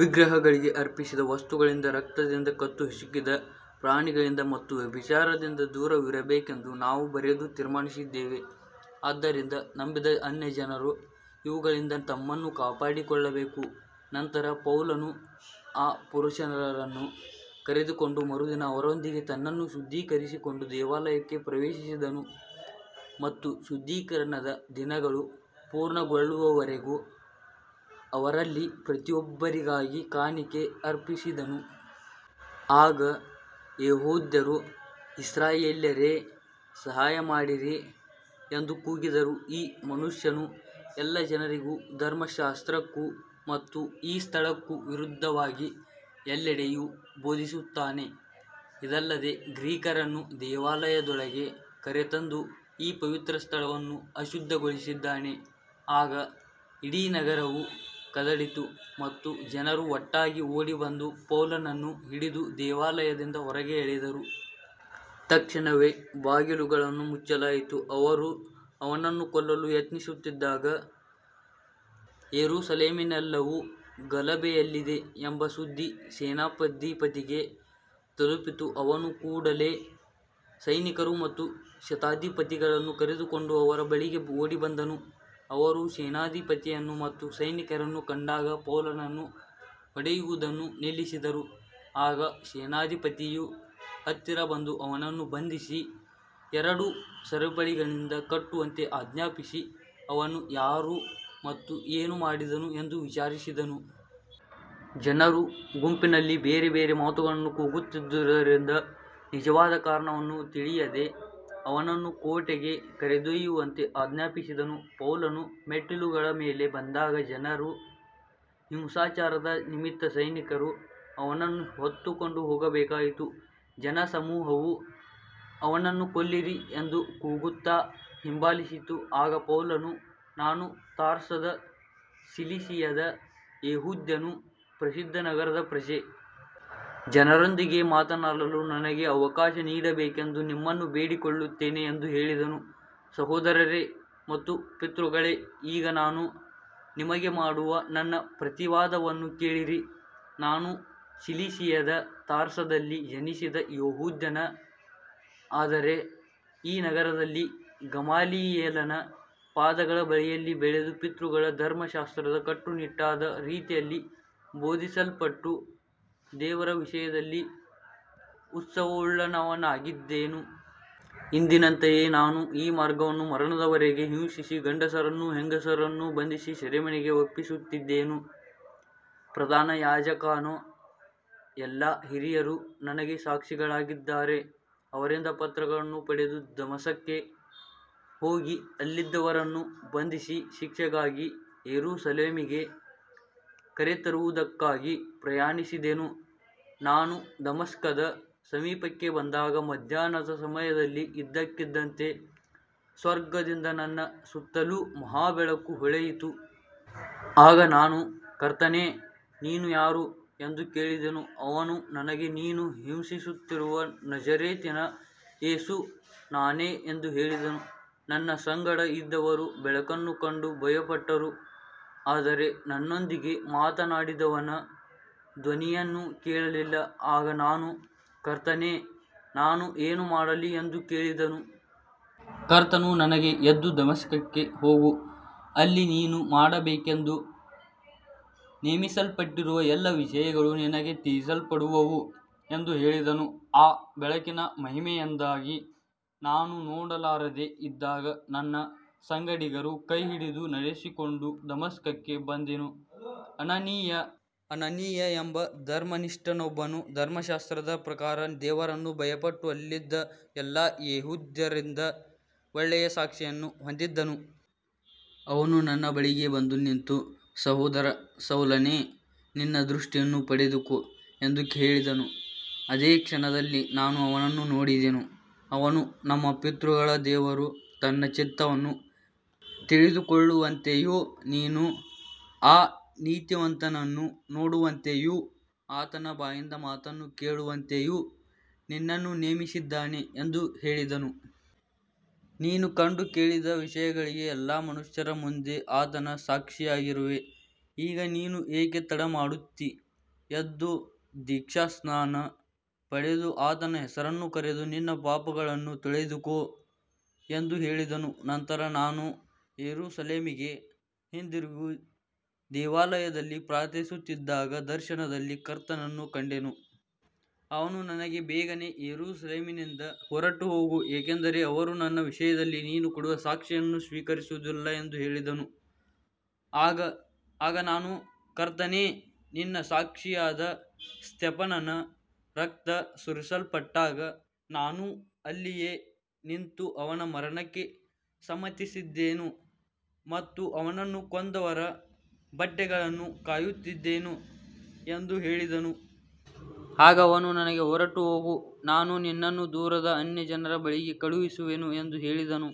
ವಿಗ್ರಹಗಳಿಗೆ ಅರ್ಪಿಸಿದ ವಸ್ತುಗಳಿಂದ, ರಕ್ತದಿಂದ, ಕತ್ತುಹಿಸುಕಿದ ಪ್ರಾಣಿಗಳಿಂದ ಮತ್ತು ವ್ಯಭಿಚಾರದಿಂದ ದೂರವಿರಬೇಕೆಂದು ನಾವು ಬರೆದು ತೀರ್ಮಾನಿಸಿದ್ದೇವೆ. ಆದ್ದರಿಂದ ನಂಬಿದ ಅನ್ಯಜನರು ಇವುಗಳಿಂದ ತಮ್ಮನ್ನು ಕಾಪಾಡಿಕೊಳ್ಳಬೇಕು. ನಂತರ ಪೌಲನು ಆ ಪುರುಷರನ್ನು ಕರೆದುಕೊಂಡು ಮರುದಿನ ಅವರೊಂದಿಗೆ ತನ್ನನ್ನು ಶುದ್ಧೀಕರಿಸಿಕೊಂಡು ದೇವಾಲಯಕ್ಕೆ ಪ್ರವೇಶಿಸಿದನು ಮತ್ತು ಶುದ್ಧೀಕರಣದ ದಿನಗಳು ಪೂರ್ಣಗೊಳ್ಳುವವರೆಗೆ ಅವರಲ್ಲಿ ಪ್ರತಿಯೊಬ್ಬರಿಗಾಗಿ ಕಾಣಿಕೆ ಅರ್ಪಿಸಿದನು. ಆಗ ಯೆಹೂದ್ಯರು, ಇಸ್ರಾಯೇಲ್ಯರೇ, ಸಹಾಯಮಾಡಿರಿ ಎಂದು ಕೂಗಿದರು. ಈ ಮನುಷ್ಯನು ಎಲ್ಲ ಜನರಿಗೂ, ಧರ್ಮಶಾಸ್ತ್ರಕ್ಕೂ ಮತ್ತು ಈ ಸ್ಥಳಕ್ಕೂ ವಿರುದ್ಧವಾಗಿ ಎಲ್ಲೆಡೆಯೂ ಬೋಧಿಸುತ್ತಾನೆ. ಇದಲ್ಲದೆ ಗ್ರೀಕರನ್ನೂ ದೇವಾಲಯದೊಳಗೆ ಕರೆತಂದು ಈ ಪವಿತ್ರ ಸ್ಥಳವನ್ನು ಅಶುದ್ಧಗೊಳಿಸಿದ್ದಾನೆ. ಆಗ ಇಡೀ ನಗರವು ಕದಡಿತು ಮತ್ತು ಜನರು ಒಟ್ಟಾಗಿ ಓಡಿಬಂದು ಪೌಲನನ್ನು ಹಿಡಿದು ದೇವಾಲಯದಿಂದ ಹೊರಗೆ ಎಳೆದರು. ತಕ್ಷಣವೇ ಬಾಗಿಲುಗಳನ್ನು ಮುಚ್ಚಲಾಯಿತು. ಅವರು ಅವನನ್ನು ಕೊಲ್ಲಲು ಯತ್ನಿಸುತ್ತಿದ್ದಾಗ ಯೆರೂಸಲೇಮಿನೆಲ್ಲವೂ ಗಲಭೆಯಲ್ಲಿದೆ ಎಂಬ ಸುದ್ದಿ ಸೇನಾಧಿಪತಿಗೆ ತಲುಪಿತು. ಅವನು ಕೂಡಲೇ ಸೈನಿಕರು ಮತ್ತು ಶತಾಧಿಪತಿಗಳನ್ನು ಕರೆದುಕೊಂಡು ಅವರ ಬಳಿಗೆ ಓಡಿಬಂದನು. ಅವರು ಸೇನಾಧಿಪತಿಯನ್ನು ಮತ್ತು ಸೈನಿಕರನ್ನು ಕಂಡಾಗ ಪೌಲನನ್ನು ಹೊಡೆಯುವುದನ್ನು ನಿಲ್ಲಿಸಿದರು. ಆಗ ಸೇನಾಧಿಪತಿಯು ಹತ್ತಿರ ಬಂದು ಅವನನ್ನು ಬಂಧಿಸಿ ಎರಡು ಸರಪಳಿಗಳಿಂದ ಕಟ್ಟುವಂತೆ ಆಜ್ಞಾಪಿಸಿ, ಅವನು ಯಾರು ಮತ್ತು ಏನು ಮಾಡಿದನು ಎಂದು ವಿಚಾರಿಸಿದನು. ಜನರು ಗುಂಪಿನಲ್ಲಿ ಬೇರೆಬೇರೆ ಮಾತುಗಳನ್ನು ಕೂಗುತ್ತಿದ್ದುದರಿಂದ ನಿಜವಾದ ಕಾರಣವನ್ನು ತಿಳಿಯದೆ ಅವನನ್ನು ಕೋಟೆಗೆ ಕರೆದೊಯ್ಯುವಂತೆ ಆಜ್ಞಾಪಿಸಿದನು. ಪೌಲನು ಮೆಟ್ಟಿಲುಗಳ ಮೇಲೆ ಬಂದಾಗ ಜನರ ಹಿಂಸಾಚಾರದ ನಿಮಿತ್ತ ಸೈನಿಕರು ಅವನನ್ನು ಹೊತ್ತುಕೊಂಡು ಹೋಗಬೇಕಾಯಿತು. ಜನಸಮೂಹವು ಅವನನ್ನು ಕೊಲ್ಲಿರಿ ಎಂದು ಕೂಗುತ್ತಾ ಹಿಂಬಾಲಿಸಿತು. ಆಗ ಪೌಲನು, ನಾನು ತಾರ್ಸದ ಸಿಲಿಸಿಯದ ಯೆಹೂದ್ಯನು, ಪ್ರಸಿದ್ಧ ನಗರದ ಪ್ರಜೆ. ಜನರೊಂದಿಗೆ ಮಾತನಾಡಲು ನನಗೆ ಅವಕಾಶ ನೀಡಬೇಕೆಂದು ನಿಮ್ಮನ್ನು ಬೇಡಿಕೊಳ್ಳುತ್ತೇನೆ ಎಂದು ಹೇಳಿದನು. ಸಹೋದರರೇ ಮತ್ತು ಪಿತೃಗಳೇ, ಈಗ ನಾನು ನಿಮಗೆ ಮಾಡುವ ನನ್ನ ಪ್ರತಿವಾದವನ್ನು ಕೇಳಿರಿ. ನಾನು ಸಿಲಿಸಿಯದ ತಾರ್ಸದಲ್ಲಿ ಜನಿಸಿದ ಯೆಹೂದ್ಯನು, ಆದರೆ ಈ ನಗರದಲ್ಲಿ ಗಮಾಲಿಯೇಲನ ಪಾದಗಳ ಬಳಿಯಲ್ಲಿ ಬೆಳೆದು, ಪಿತೃಗಳ ಧರ್ಮಶಾಸ್ತ್ರದ ಕಟ್ಟುನಿಟ್ಟಾದ ರೀತಿಯಲ್ಲಿ ಬೋಧಿಸಲ್ಪಟ್ಟು, ದೇವರ ವಿಷಯದಲ್ಲಿ ಉತ್ಸಾಹವುಳ್ಳವನಾಗಿದ್ದೆನು. ಇಂದಿನಂತೆಯೇ ನಾನು ಈ ಮಾರ್ಗವನ್ನು ಮರಣದವರೆಗೆ ಹಿಂಸಿಸಿ, ಗಂಡಸರನ್ನೂ ಹೆಂಗಸರನ್ನೂ ಬಂಧಿಸಿ ಸೆರೆಮನೆಗೆ ಒಪ್ಪಿಸುತ್ತಿದ್ದೆನು. ಪ್ರಧಾನ ಯಾಜಕನೂ ಎಲ್ಲಾ ಹಿರಿಯರೂ ನನಗೆ ಸಾಕ್ಷಿಗಳಾಗಿದ್ದಾರೆ. ಅವರಿಂದ ಪತ್ರಗಳನ್ನು ಪಡೆದು, ದಮಸ್ಕಕ್ಕೆ ಹೋಗಿ ಅಲ್ಲಿದ್ದವರನ್ನು ಬಂಧಿಸಿ ಶಿಕ್ಷೆಗಾಗಿ ಯೆರೂಸಲೇಮಿಗೆ ಕರೆತರುವುದಕ್ಕಾಗಿ ಪ್ರಯಾಣಿಸಿದೆನು. ನಾನು ದಮಸ್ಕದ ಸಮೀಪಕ್ಕೆ ಬಂದಾಗ ಮಧ್ಯಾಹ್ನದ ಸಮಯದಲ್ಲಿ ಇದ್ದಕ್ಕಿದ್ದಂತೆ ಸ್ವರ್ಗದಿಂದ ನನ್ನ ಸುತ್ತಲೂ ಮಹಾ ಬೆಳಕು ಹೊಳೆಯಿತು. ಆಗ ನಾನು, ಕರ್ತನೇ, ನೀನು ಯಾರು ಎಂದು ಕೇಳಿದೆನು. ಅವನು ನನಗೆ, ನೀನು ಹಿಂಸಿಸುತ್ತಿರುವ ನಜರೇತಿನ ಯೇಸು ನಾನೇ ಎಂದು ಹೇಳಿದನು. ನನ್ನ ಸಂಗಡ ಇದ್ದವರು ಬೆಳಕನ್ನು ಕಂಡು ಭಯಪಟ್ಟರು, ಆದರೆ ನನ್ನೊಂದಿಗೆ ಮಾತನಾಡಿದವನ ಧ್ವನಿಯನ್ನು ಕೇಳಲಿಲ್ಲ. ಆಗ ನಾನು, ಕರ್ತನೇ, ನಾನು ಏನು ಮಾಡಲಿ ಎಂದು ಕೇಳಿದೆನು. ಕರ್ತನು ನನಗೆ, ಎದ್ದು ದಮಸ್ಕಕ್ಕೆ ಹೋಗು. ಅಲ್ಲಿ ನೀನು ಮಾಡಬೇಕೆಂದು ನೇಮಿಸಲ್ಪಟ್ಟಿರುವ ಎಲ್ಲ ವಿಷಯಗಳು ನಿನಗೆ ತಿಳಿಸಲ್ಪಡುವವು ಎಂದು ಹೇಳಿದನು. ಆ ಬೆಳಕಿನ ಮಹಿಮೆಯಿಂದಾಗಿ ನಾನು ನೋಡಲಾರದೆ ಇದ್ದಾಗ ನನ್ನ ಸಂಗಡಿಗರು ಕೈಹಿಡಿದು ನಡೆಸಿಕೊಂಡು ದಮಸ್ಕಕ್ಕೆ ಬಂದೆನು. ಅನನೀಯ ಎಂಬ ಧರ್ಮನಿಷ್ಠನೊಬ್ಬನು ಧರ್ಮಶಾಸ್ತ್ರದ ಪ್ರಕಾರ ದೇವರನ್ನು ಭಯಪಟ್ಟು ಅಲ್ಲಿದ್ದ ಎಲ್ಲಾ ಯೆಹೂದ್ಯರಿಂದ ಒಳ್ಳೆಯ ಸಾಕ್ಷಿಯನ್ನು ಹೊಂದಿದ್ದನು. ಅವನು ನನ್ನ ಬಳಿಗೆ ಬಂದು ನಿಂತು, ಸಹೋದರ ಸೌಲನೇ, ನಿನ್ನ ದೃಷ್ಟಿಯನ್ನು ಪಡೆದುಕೋ ಎಂದು ಹೇಳಿದನು. ಅದೇ ಕ್ಷಣದಲ್ಲಿ ನಾನು ಅವನನ್ನು ನೋಡಿದೆನು. ಅವನು, ನಮ್ಮ ಪಿತೃಗಳ ದೇವರು ತನ್ನ ಚಿತ್ತವನ್ನು ತಿಳಿದುಕೊಳ್ಳುವಂತೆಯೂ ನೀನು ಆ ನೀತಿವಂತನನ್ನು ನೋಡುವಂತೆಯೂ ಆತನ ಬಾಯಿಂದ ಮಾತನ್ನು ಕೇಳುವಂತೆಯೂ ನಿನ್ನನ್ನು ನೇಮಿಸಿದ್ದಾನೆ ಎಂದು ಹೇಳಿದನು. ನೀನು ಕಂಡು ಕೇಳಿದ ವಿಷಯಗಳಿಗೆ ಎಲ್ಲಾ ಮನುಷ್ಯರ ಮುಂದೆ ಆತನ ಸಾಕ್ಷಿಯಾಗಿರುವೆ. ಈಗ ನೀನು ಏಕೆ ತಡಮಾಡುತ್ತೀ? ಎದ್ದು ದೀಕ್ಷಾಸ್ನಾನ ಪಡೆದು ಆತನ ಹೆಸರನ್ನು ಕರೆದು ನಿನ್ನ ಪಾಪಗಳನ್ನು ತೊಳೆದುಕೋ ಎಂದು ಹೇಳಿದನು. ನಂತರ ನಾನು ಯೆರೂಸಲೇಮಿಗೆ ಹಿಂದಿರುಗಿ ದೇವಾಲಯದಲ್ಲಿ ಪ್ರಾರ್ಥಿಸುತ್ತಿದ್ದಾಗ ದರ್ಶನದಲ್ಲಿ ಕರ್ತನನ್ನು ಕಂಡೆನು. ಅವನು ನನಗೆ, ಬೇಗನೆ ಯೆರೂಸಲೇಮಿನಿಂದ ಹೊರಟುಹೋಗು, ಏಕೆಂದರೆ ಅವರು ನನ್ನ ವಿಷಯದಲ್ಲಿ ನೀನು ಕೊಡುವ ಸಾಕ್ಷಿಯನ್ನು ಸ್ವೀಕರಿಸುವುದಿಲ್ಲ ಎಂದು ಹೇಳಿದನು. ಆಗ ನಾನು, ಕರ್ತನೇ, ನಿನ್ನ ಸಾಕ್ಷಿಯಾದ ಸ್ತೆಫನನ ರಕ್ತ ಸುರಿಸಲ್ಪಟ್ಟಾಗ ನಾನೂ ಅಲ್ಲಿಯೇ ನಿಂತು ಅವನ ಮರಣಕ್ಕೆ ಸಮ್ಮತಿಸಿದ್ದೆನು ಮತ್ತು ಅವನನ್ನು ಕೊಂದವರ ಬಟ್ಟೆಗಳನ್ನು ಕಾಯುತ್ತಿದ್ದೆನು ಎಂದು ಹೇಳಿದೆನು. ಆಗ ಅವನು ನನಗೆ, ಹೊರಟುಹೋಗು, ನಾನು ನಿನ್ನನ್ನು ದೂರದ ಅನ್ಯಜನರ ಬಳಿಗೆ ಕಳುಹಿಸುವೆನು ಎಂದು ಹೇಳಿದನು.